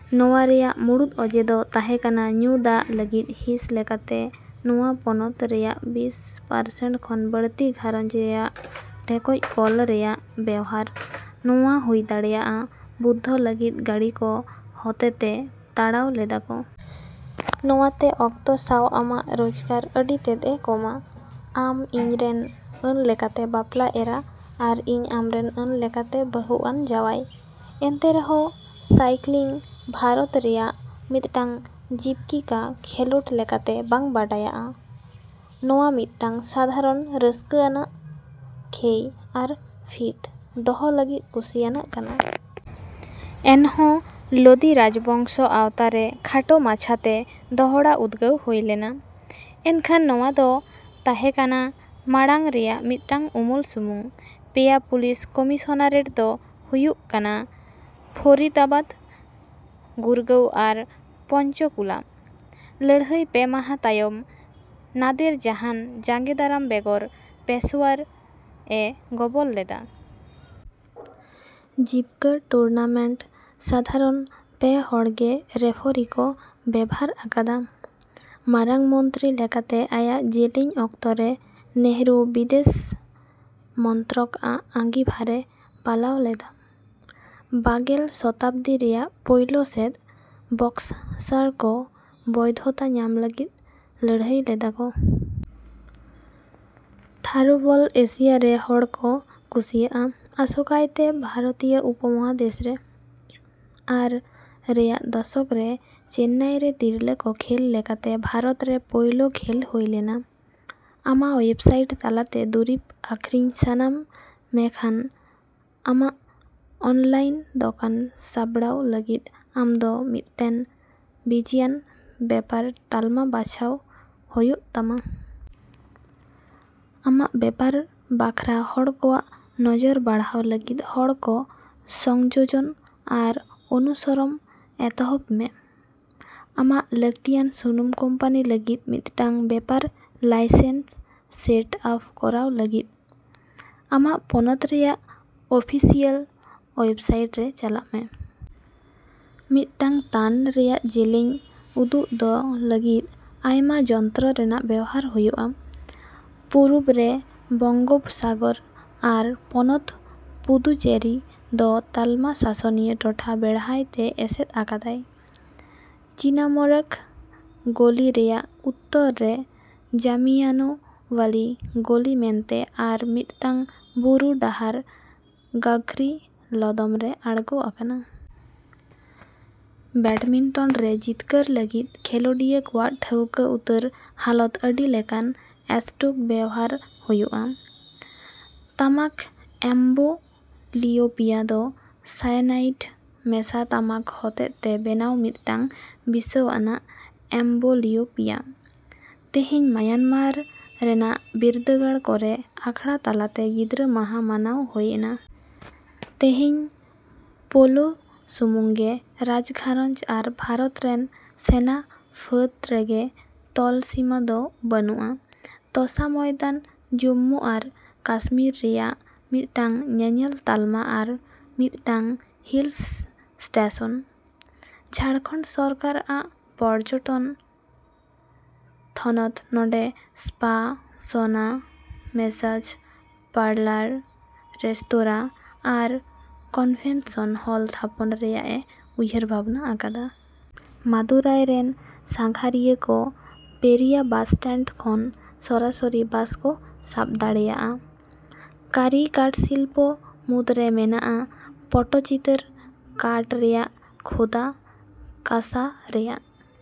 ᱱᱚᱶᱟ ᱨᱮᱭᱟᱜ ᱢᱩᱲᱩᱫ ᱚᱡᱮ ᱫᱚ ᱛᱟᱸᱦᱮᱠᱟᱱᱟ ᱧᱩ ᱫᱟᱜᱽ ᱞᱟᱹᱜᱤᱫ ᱦᱤᱸᱥ ᱞᱮᱠᱟᱛᱮ ᱱᱚᱶᱟ ᱯᱚᱱᱚᱛ ᱨᱮᱭᱟᱜ ᱵᱤᱥ ᱯᱟᱨᱥᱮᱱᱴ ᱠᱷᱚᱱ ᱵᱟᱹᱲᱛᱤ ᱜᱷᱟᱨᱚᱸᱡᱽ ᱨᱮᱭᱟᱜ ᱰᱷᱮᱠᱚᱡ ᱠᱚᱞ ᱨᱮᱭᱟᱜ ᱵᱮᱣᱦᱟᱨ᱾ ᱱᱚᱶᱟ ᱦᱩᱭᱫᱟᱲᱮᱭᱟᱜ ᱵᱩᱫᱫᱷᱚ ᱞᱟᱹᱜᱤᱫ ᱜᱟᱺᱲᱤ ᱠᱚ ᱦᱚᱛᱮᱛᱮ ᱛᱟᱲᱟᱣ ᱞᱮᱫᱟᱠᱚ᱾ ᱱᱚᱶᱟ ᱛᱮ ᱚᱠᱛᱚ ᱥᱟᱶ ᱟᱢᱟᱜ ᱨᱳᱡᱽᱜᱟᱨ ᱟᱹᱰᱤᱛᱮᱫᱼᱮ ᱠᱚᱢᱟ᱾ ᱟᱢ ᱤᱧ ᱨᱮᱱ ᱟᱹᱱᱞᱮᱠᱟᱛᱮ ᱵᱟᱯᱞᱟ ᱮᱨᱟ ᱟᱨ ᱤᱧ ᱟᱢᱨᱮᱱ ᱟᱹᱱ ᱞᱮᱠᱟᱛᱮ ᱵᱟᱹᱦᱩᱟᱱ ᱡᱟᱶᱟᱭ᱾ ᱮᱱᱛᱮ ᱨᱮᱦᱚᱸ ᱥᱟᱭᱠᱤᱞᱤᱝ ᱵᱷᱟᱨᱚᱛ ᱨᱮᱭᱟᱜ ᱢᱤᱫᱴᱟᱝ ᱡᱤᱵᱠᱤᱠᱟ ᱠᱷᱮᱞᱳᱰ ᱞᱟᱠᱟᱛᱮ ᱵᱟᱝ ᱵᱟᱰᱟᱭᱟᱜᱼᱟ, ᱱᱚᱶᱟ ᱢᱤᱫᱴᱟᱝ ᱥᱟᱫᱷᱟᱨᱚᱱ ᱨᱟᱥᱠᱟᱹᱟᱱᱟᱟᱜ ᱠᱷᱮᱭ ᱟᱨ ᱯᱷᱤᱴ ᱫᱚᱦᱚ ᱞᱟᱹᱜᱤᱫ ᱠᱩᱥᱤᱭᱟᱱᱟᱜ ᱠᱟᱱᱟ᱾ ᱮᱱᱦᱚᱸ ᱞᱳᱫᱤ ᱨᱟᱡᱽᱵᱚᱝᱥᱚ ᱟᱶᱛᱟᱨᱮ ᱠᱷᱟᱴᱚ ᱢᱟᱪᱷᱟᱛᱮ ᱫᱚᱦᱲᱟ ᱩᱫᱜᱟᱹᱣ ᱦᱳᱭ ᱞᱮᱱᱟ ᱮᱱᱠᱷᱟᱱ ᱱᱚᱶᱟ ᱫᱚ ᱛᱟᱦᱮᱸ ᱠᱟᱱᱟ ᱢᱟᱲᱟᱝ ᱨᱮᱭᱟᱜ ᱢᱤᱫᱴᱟᱝ ᱩᱢᱩᱞ ᱥᱩᱢᱩᱝ᱾ ᱯᱮᱭᱟ ᱯᱩᱞᱤᱥ ᱠᱚᱢᱤᱥᱚᱱᱟᱨᱮᱴ ᱫᱚ ᱦᱩᱭᱩᱜ ᱠᱟᱱᱟ ᱯᱷᱚᱨᱤᱫᱟᱵᱟᱫᱽ, ᱜᱩᱨᱜᱟᱶ ᱟᱨ ᱯᱚᱧᱪᱚᱠᱩᱞᱟ᱾ ᱞᱟᱹᱲᱦᱟᱹᱭ ᱯᱮ ᱢᱟᱦᱟ ᱛᱟᱭᱚᱢ, ᱱᱟᱫᱮᱨ ᱡᱟᱦᱟᱸᱱ ᱡᱟᱸᱜᱮ ᱫᱟᱨᱟᱢ ᱵᱮᱜᱚᱨ ᱯᱮᱥᱳᱣᱭᱟᱨ ᱮ ᱜᱚᱵᱚᱞ ᱞᱮᱫᱟ᱾ ᱡᱤᱵᱠᱟᱹ ᱴᱩᱨᱱᱟᱢᱮᱱᱴ ᱥᱟᱫᱷᱟᱨᱚᱱ ᱯᱮᱦᱚᱲ ᱜᱮ ᱨᱮᱯᱷᱚᱨᱤ ᱠᱚ ᱵᱮᱵᱷᱟᱨ ᱟᱠᱟᱫᱟ᱾ ᱢᱟᱨᱟᱝ ᱢᱚᱱᱛᱨᱤ ᱞᱮᱠᱟᱛᱮ ᱟᱭᱟᱜ ᱡᱮᱹᱞᱮᱹᱧ ᱚᱠᱛᱚᱨᱮ ᱱᱮᱹᱦᱨᱩ ᱵᱤᱫᱮᱹᱥ ᱢᱚᱱᱛᱨᱚᱠᱟᱜ ᱟᱸᱜᱤᱵᱷᱟᱨᱮ ᱯᱟᱞᱟᱣ ᱞᱮᱫᱟ᱾ ᱵᱟᱜᱮᱞ ᱥᱚᱛᱟᱵᱽᱫᱤ ᱨᱮᱭᱟᱜ ᱯᱳᱭᱞᱳ ᱥᱮᱫ, ᱵᱚᱠᱥᱥᱟᱨ ᱠᱚ ᱵᱳᱭᱫᱷᱚᱛᱟ ᱧᱟᱢ ᱞᱟᱹᱜᱤᱫ ᱞᱟᱹᱲᱦᱟᱹᱭ ᱞᱮᱫᱟ ᱠᱚ᱾ ᱛᱷᱟᱨᱳᱵᱚᱞ ᱮᱥᱤᱭᱟ ᱨᱮ ᱦᱚᱲ ᱠᱚ ᱠᱩᱥᱤᱭᱟᱜᱼᱟ, ᱟᱥᱚᱠᱟᱭᱛᱮ ᱵᱷᱟᱨᱚᱛᱤᱭᱟᱹ ᱩᱯᱚᱢᱚᱦᱟᱫᱮᱥ ᱨᱮ, ᱟᱨ ᱨᱮᱭᱟᱜ ᱫᱚᱥᱚᱠ ᱨᱮ ᱪᱮᱱᱱᱟᱭᱨᱮ ᱛᱤᱨᱞᱟᱹ ᱠᱚ ᱠᱷᱮᱹᱞ ᱞᱮᱠᱟᱛᱮ ᱵᱷᱟᱨᱚᱛᱨᱮ ᱯᱳᱭᱞᱳ ᱠᱷᱮᱞ ᱦᱳᱭ ᱞᱮᱱᱟ᱾ ᱟᱢᱟᱜ ᱳᱭᱮᱵᱽᱥᱟᱭᱤᱴ ᱛᱟᱞᱟᱛᱮ ᱫᱩᱨᱤᱵᱽ ᱟᱹᱠᱷᱨᱤᱧ ᱥᱟᱱᱟᱢᱮ ᱠᱷᱟᱱ, ᱟᱢᱟᱜ ᱚᱱᱞᱟᱭᱤᱱ ᱫᱚᱠᱟᱱ ᱥᱟᱸᱵᱽᱲᱟᱣ ᱞᱟᱹᱜᱤᱫ ᱟᱢᱫᱚ ᱢᱤᱫᱴᱮᱱ ᱵᱤᱡᱽᱭᱟᱱ ᱵᱮᱯᱟᱨ ᱛᱟᱞᱢᱟ ᱵᱟᱪᱷᱟᱣ ᱦᱳᱭᱳᱜ ᱛᱟᱢᱟ᱾ ᱟᱢᱟᱜ ᱵᱮᱯᱟᱨ ᱵᱟᱠᱷᱨᱟ ᱦᱚᱲ ᱠᱚᱣᱟᱜ ᱱᱚᱡᱚᱨ ᱵᱟᱲᱦᱟᱣ ᱞᱟᱹᱜᱤᱫ ᱦᱚᱲ ᱠᱚ 'ᱥᱚᱝᱡᱳᱡᱚᱱ' ᱟᱨ 'ᱚᱱᱩᱥᱚᱨᱚᱢ' ᱮᱛᱦᱚᱵ ᱢᱮ᱾ ᱟᱢᱟᱜ ᱞᱟᱠᱛᱤᱭᱟᱱ ᱥᱩᱱᱩᱢ ᱠᱳᱢᱯᱟᱱᱤ ᱞᱟᱹᱜᱤᱫ ᱢᱤᱫᱴᱟᱝ ᱵᱮᱯᱟᱨ ᱞᱟᱭᱥᱮᱱᱥ ᱥᱮᱴ ᱟᱯ ᱠᱚᱨᱟᱣ ᱞᱟᱜᱤᱫ, ᱟᱢᱟᱜ ᱯᱚᱱᱚᱛ ᱨᱮᱭᱟᱜ ᱚᱯᱷᱤᱥᱤᱭᱟᱹᱞ ᱳᱭᱮᱵᱽᱥᱟᱭᱤᱴ ᱨᱮ ᱪᱟᱞᱟᱜ ᱢᱮ᱾ ᱢᱤᱫᱴᱟᱝ ᱛᱟᱱ ᱨᱮᱭᱟᱜ ᱡᱮᱹᱞᱮᱹᱧ ᱩᱫᱩᱜᱫᱚ ᱞᱟᱹᱜᱤᱫ, ᱟᱭᱢᱟ ᱡᱚᱱᱛᱚᱨ ᱨᱮᱱᱟᱜ ᱵᱮᱣᱦᱟᱨ ᱦᱩᱭᱩᱜᱼᱟ᱾ ᱯᱩᱨᱩᱵᱽ ᱨᱮ ᱵᱚᱝᱜᱳᱯᱥᱟᱜᱚᱨ ᱟᱨ ᱯᱚᱱᱚᱛ ᱯᱩᱫᱩᱪᱮᱨᱤ ᱫᱚ ᱛᱟᱞᱢᱟ ᱥᱟᱥᱚᱱᱤᱭᱟᱹ ᱴᱚᱴᱷᱟ ᱵᱮᱲᱦᱟᱭᱛᱮ ᱮᱥᱮᱫ ᱟᱠᱟᱫᱟᱭ᱾ ᱪᱤᱱᱟᱢᱚᱨᱟᱜᱽ ᱜᱚᱞᱤᱨᱮᱭᱟᱜ ᱩᱛᱛᱚᱨ ᱨᱮ ᱡᱟᱢᱤᱭᱟᱱᱳᱣᱟᱞᱤ ᱜᱚᱞᱤ ᱢᱮᱱᱛᱮ ᱟᱨ ᱢᱤᱫᱴᱟᱝ ᱵᱩᱨᱩ ᱰᱟᱦᱟᱨ ᱜᱟᱜᱽᱨᱤ ᱞᱚᱫᱚᱢ ᱨᱮ ᱟᱬᱜᱳ ᱟᱠᱟᱱᱟ᱾ ᱵᱮᱴᱢᱤᱱᱴᱚᱱ ᱨᱮ ᱡᱤᱛᱠᱟᱹᱨ ᱞᱟᱹᱜᱤᱫ ᱠᱷᱮᱞᱳᱰᱤᱭᱟᱹ ᱠᱚᱣᱟᱜ ᱴᱷᱟᱹᱣᱠᱟᱹ ᱩᱛᱟᱹᱨ ᱦᱟᱞᱚᱛ ᱟᱹᱰᱤ ᱞᱮᱠᱟᱱ ᱮᱥᱴᱳᱠ ᱵᱮᱣᱦᱟᱨ ᱦᱩᱭᱩᱜᱼᱟ᱾ ᱛᱟᱢᱟᱠ ᱮᱢᱵᱚᱞᱤᱳᱯᱤᱭᱟ ᱫᱚ ᱥᱟᱭᱟᱱᱟᱭᱤᱰ ᱢᱮᱥᱟ ᱛᱟᱢᱟᱠ ᱦᱚᱛᱮᱛᱮ ᱵᱮᱱᱟᱣ ᱢᱤᱫᱴᱟᱝ ᱵᱤᱥᱟᱹᱣᱟᱱᱟᱜ ᱮᱢᱵᱚᱞᱤᱭᱳᱯᱤᱭᱟ᱾ ᱛᱮᱹᱦᱮᱹᱧ, ᱢᱟᱭᱟᱱᱢᱟᱨ ᱨᱮᱱᱟᱜ ᱵᱤᱨᱫᱟᱹᱜᱟᱲ ᱠᱚᱨᱮ ᱟᱠᱷᱲᱟ ᱛᱟᱞᱟᱛᱮ ᱜᱤᱫᱽᱨᱟᱹ ᱢᱟᱦᱟ ᱢᱟᱱᱟᱣ ᱦᱳᱭᱮᱱᱟ᱾ ᱛᱮᱹᱦᱮᱹᱧ ᱯᱳᱞᱳ ᱥᱩᱢᱩᱝᱜᱮ ᱨᱟᱡᱜᱷᱟᱨᱚᱸᱧᱡᱽ ᱟᱨ ᱵᱷᱟᱨᱚᱛ ᱨᱮᱱ ᱥᱮᱱᱟ ᱯᱷᱟᱹᱫᱽ ᱨᱮᱜᱮ ᱛᱚᱞᱥᱤᱢᱟᱹ ᱫᱚ ᱵᱟᱹᱱᱩᱜᱼᱟ ᱛᱚᱥᱟ ᱢᱚᱭᱫᱟᱱ ᱡᱩᱢᱢᱩ ᱟᱨ ᱠᱟᱥᱢᱤᱨ ᱨᱮᱭᱟᱜ ᱢᱤᱫᱴᱟᱝ ᱧᱮᱧᱮᱞ ᱛᱟᱞᱢᱟ ᱟᱨ ᱢᱤᱫᱴᱟᱝ ᱦᱤᱞ ᱥᱴᱮᱹᱥᱚᱱ᱾ ᱡᱷᱟᱲᱠᱷᱚᱸᱰ ᱥᱚᱨᱠᱟᱨᱟᱜ ᱯᱚᱨᱡᱚᱴᱚᱱ ᱛᱷᱚᱱᱚᱛ ᱱᱚᱸᱰᱮ spa, sauna, massage parlour, restaurant ᱟᱨ ᱠᱚᱱᱵᱷᱮᱱᱥᱚᱱ ᱦᱚᱞ ᱛᱷᱟᱯᱚᱱ ᱨᱮᱭᱟᱜᱼᱮ ᱩᱭᱦᱟᱹᱨ ᱵᱷᱟᱵᱱᱟ ᱟᱠᱟᱫᱟ᱾ ᱢᱟᱫᱩᱨᱟᱭ ᱨᱮᱱ ᱥᱟᱸᱜᱷᱟᱨᱤᱭᱟᱹᱠᱚ ᱯᱮᱹᱨᱤᱭᱟ ᱵᱟᱥ ᱥᱴᱮᱱᱰ ᱠᱷᱚᱱ ᱥᱚᱨᱟᱥᱚᱨᱤ ᱵᱟᱥ ᱠᱚ ᱥᱟᱵ ᱫᱟᱲᱮᱹᱭᱟᱜᱼᱟ᱾ ᱠᱟᱹᱨᱤ ᱠᱟᱴᱥᱤᱞᱯᱚ ᱢᱩᱫ ᱨᱮ ᱢᱟᱱᱟᱜᱼᱟ ᱯᱚᱴᱚᱪᱤᱛᱟᱹᱨ ᱠᱟᱴ ᱨᱮᱭᱟᱜ ᱠᱷᱳᱫᱟ, ᱠᱟᱸᱥᱟ ᱨᱮᱭᱟᱜ᱾